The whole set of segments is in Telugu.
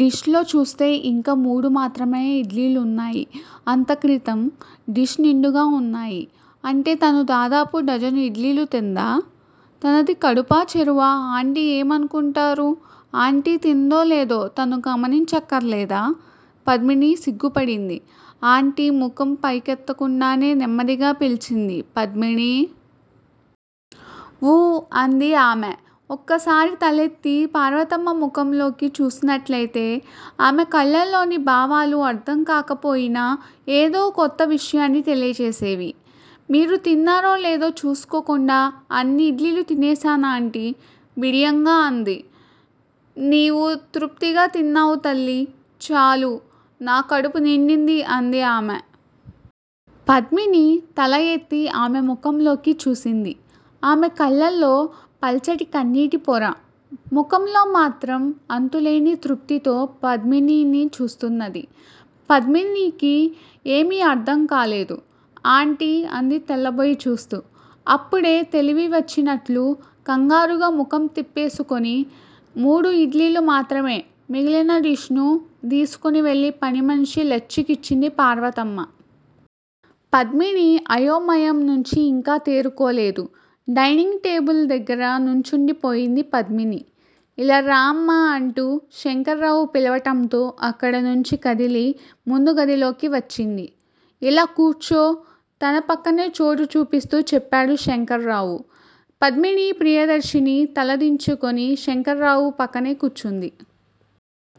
డిష్ లో చూస్తే యింక మూడు మాత్రమే ఇడ్లీలు వున్నాయి. అంతక్రితం డిష్ నిండుగా ఉన్నాయి. అంటే తను దాదాపు డజను ఇడ్లీలు తిందా! తనది కడుపా చెరువా ఆంటీ ఏమనుకుంటారు! ఆంటీ తిందో లేదో తను గమనించక్కరలేదా? పద్మిని సిగ్గుపడింది. ఆంటీ! ముఖం పైకెత్తకుండానే నెమ్మదిగా పిలిచింది పద్మిని. ఊ అంది ఆమె. ఒక్కసారి తలెత్తి పార్వతమ్మ ముఖంలోకి చూసినట్లయితే ఆమె కళ్ళల్లోని భావాలు అర్ధంకాకపోయినా ఏదో కొత్త విషయాన్ని తెలియజేసేవి. మీరు తిన్నారో లేదో చూసుకోకుండా అన్ని ఇడ్లీలు తినేశానాంటీ! బిడియంగా అంది. నీవు తృప్తిగా తిన్నావు తల్లీ! చాలు నా కడుపు నిండింది అంది ఆమె. పద్మిని తలయెత్తి ఆమె ముఖంలోకి చూసింది. ఆమె కళ్ళల్లో పల్చటి కన్నీటి పొర. ముఖంలో మాత్రం అంతులేని తృప్తితో పద్మినిని చూస్తున్నది. పద్మినికి ఏమీ అర్ధంకాలేదు ఆంటీ! అంది తెల్లబోయి చూస్తూ. అప్పుడే తెలివి వచ్చినట్లు కంగారుగా ముఖం తిప్పేసుకొని మూడు ఇడ్లీలు మాత్రమే మిగిలిన డిష్ ను తీసుకొని వెళ్ళి పనిమనిషి లచ్చికిచ్చింది పార్వతమ్మ. పద్మిని అయోమయంనుంచి ఇంకా తేరుకోలేదు. డైనింగ్ టేబుల్ దగ్గర నుంచుండిపోయింది పద్మినీ! ఇలా రామ్మా అంటూ శంకర్రావు పిలవటంతో అక్కడనుంచి కదిలి ముందు గదిలోకి వచ్చింది. ఇలా కూర్చో! తన పక్కనే చోటు చూపిస్తూ చెప్పాడు శంకర్రావు. పద్మిని ప్రియదర్శిని తల దించుకొని శంకర్రావు పక్కనే కూర్చుంది.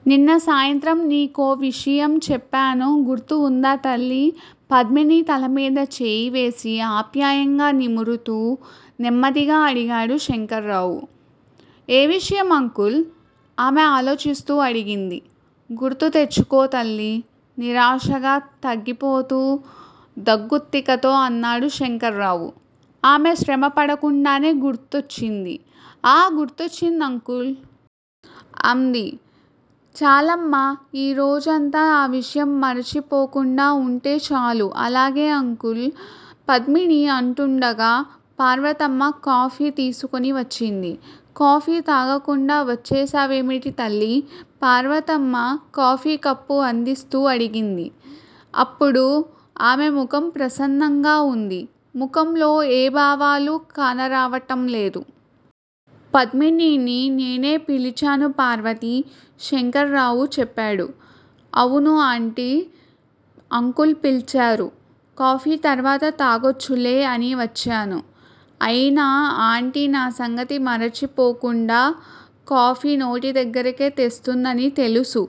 నిన్న సాయంత్రం నీకో విషయం చెప్పాను గుర్తువుందా తల్లీ! పద్మిని తలమీద చేయివేసి ఆప్యాయంగా నిమురుతూ నెమ్మదిగా అడిగాడు శంకర్రావు. ఏ విషయం అంకుల్! ఆమె ఆలోచిస్తూ అడిగింది. గుర్తు తెచ్చుకో తల్లీ! నిరాశగా తగ్గిపోతూ దగ్గుత్తికతో అన్నాడు శంకర్రావు. ఆమె శ్రమపడకుండానే గుర్తొచ్చింది. ఆ గుర్తొచ్చింది అంకుల్! అంది. చాలమ్మా ఈ రోజంతా ఆ విషయం మరచిపోకుండా వుంటే చాలు అలాగే అంకుల్! పద్మిని అంటుండగా పార్వతమ్మ కాఫీ తీసుకొని వచ్చింది. కాఫీ తాగకుండా వచ్చేశావేమిటి తల్లీ! పార్వతమ్మ కాఫీ కప్పు అందిస్తూ అడిగింది. అప్పుడు ఆమె ముఖం ప్రసన్నంగా వుంది. ముఖంలో ఏ భావాలూ కానరావటం లేదు. పద్మినిని నేనే పిలిచాను పార్వతీ! శంకర్రావు చెప్పాడు. అవును ఆంటీ! అంకుల్ పిలిచారు. కాఫీ తర్వాత తాగొచ్చులే అని వచ్చాను. అయినా ఆంటీ నా సంగతి మరచిపోకుండా కాఫీ నోటిదగ్గరకే తెస్తుందని తెలుసు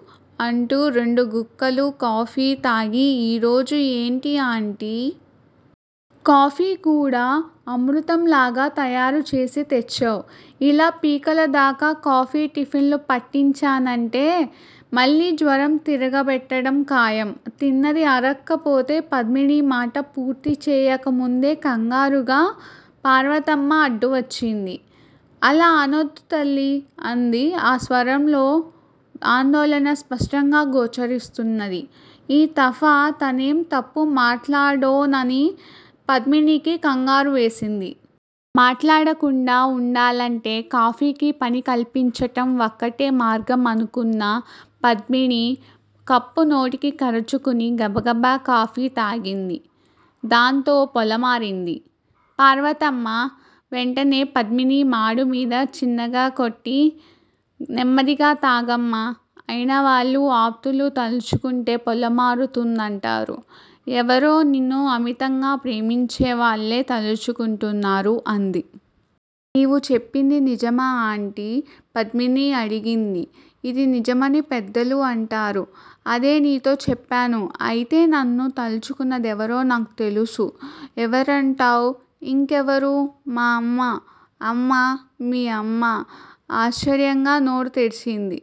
అంటూ రెండు గుక్కలు కాఫీ తాగి ఈ రోజు ఏంటి ఆంటీ! కాఫీ కూడా అమృతంలాగా తయారుచేసి తెచ్చావ్! ఇలా పీకలదాకా కాఫీ టిఫెన్ లు పట్టించానంటే మళ్ళీ జ్వరం తిరగబెట్టడం ఖాయం తిన్నది అరక్కపోతే పద్మిని మాట పూర్తిచేయకముందే కంగారుగా పార్వతమ్మ అడ్డువచ్చింది. అలా అనొద్దు తల్లీ అంది ఆ స్వరంలో ఆందోళన స్పష్టంగా గోచరిస్తున్నది. ఈ తఫా తనేం తప్పుమాట్లాడోనని పద్మినికి కంగారు వేసింది. మాట్లాడకుండా వుండాలంటే కాఫీకి పని కల్పించటం వక్కటే మార్గం అనుకున్న పద్మిని కప్పు నోటికి కరచుకుని గబగబా కాఫీ తాగింది. దాంతో పొలమారింది. పార్వతమ్మ వెంటనే పద్మిని మాడుమీద చిన్నగకొట్టి నెమ్మదిగా తాగమ్మా! అయినవాళ్ళు ఆప్తులు తలుచుకుంటే పొలమారుతుందంటారు. ఎవరో నిన్ను అమితంగా ప్రేమించేవాళ్లే తలుచుకుంటున్నారు అంది. నీవు చెప్పింది నిజమా ఆంటీ? పద్మిని అడిగింది. ఇది నిజమని పెద్దలు అంటారు. అదే నీతో చెప్పాను అయితే నన్ను తలుచుకున్నదెవరో నాకు తెలుసు? ఎవరంటావ్? ఇంకెవరు మా అమ్మ! అమ్మ, మీ అమ్మ? ఆశ్చర్యంగా నోరు తెరిచింది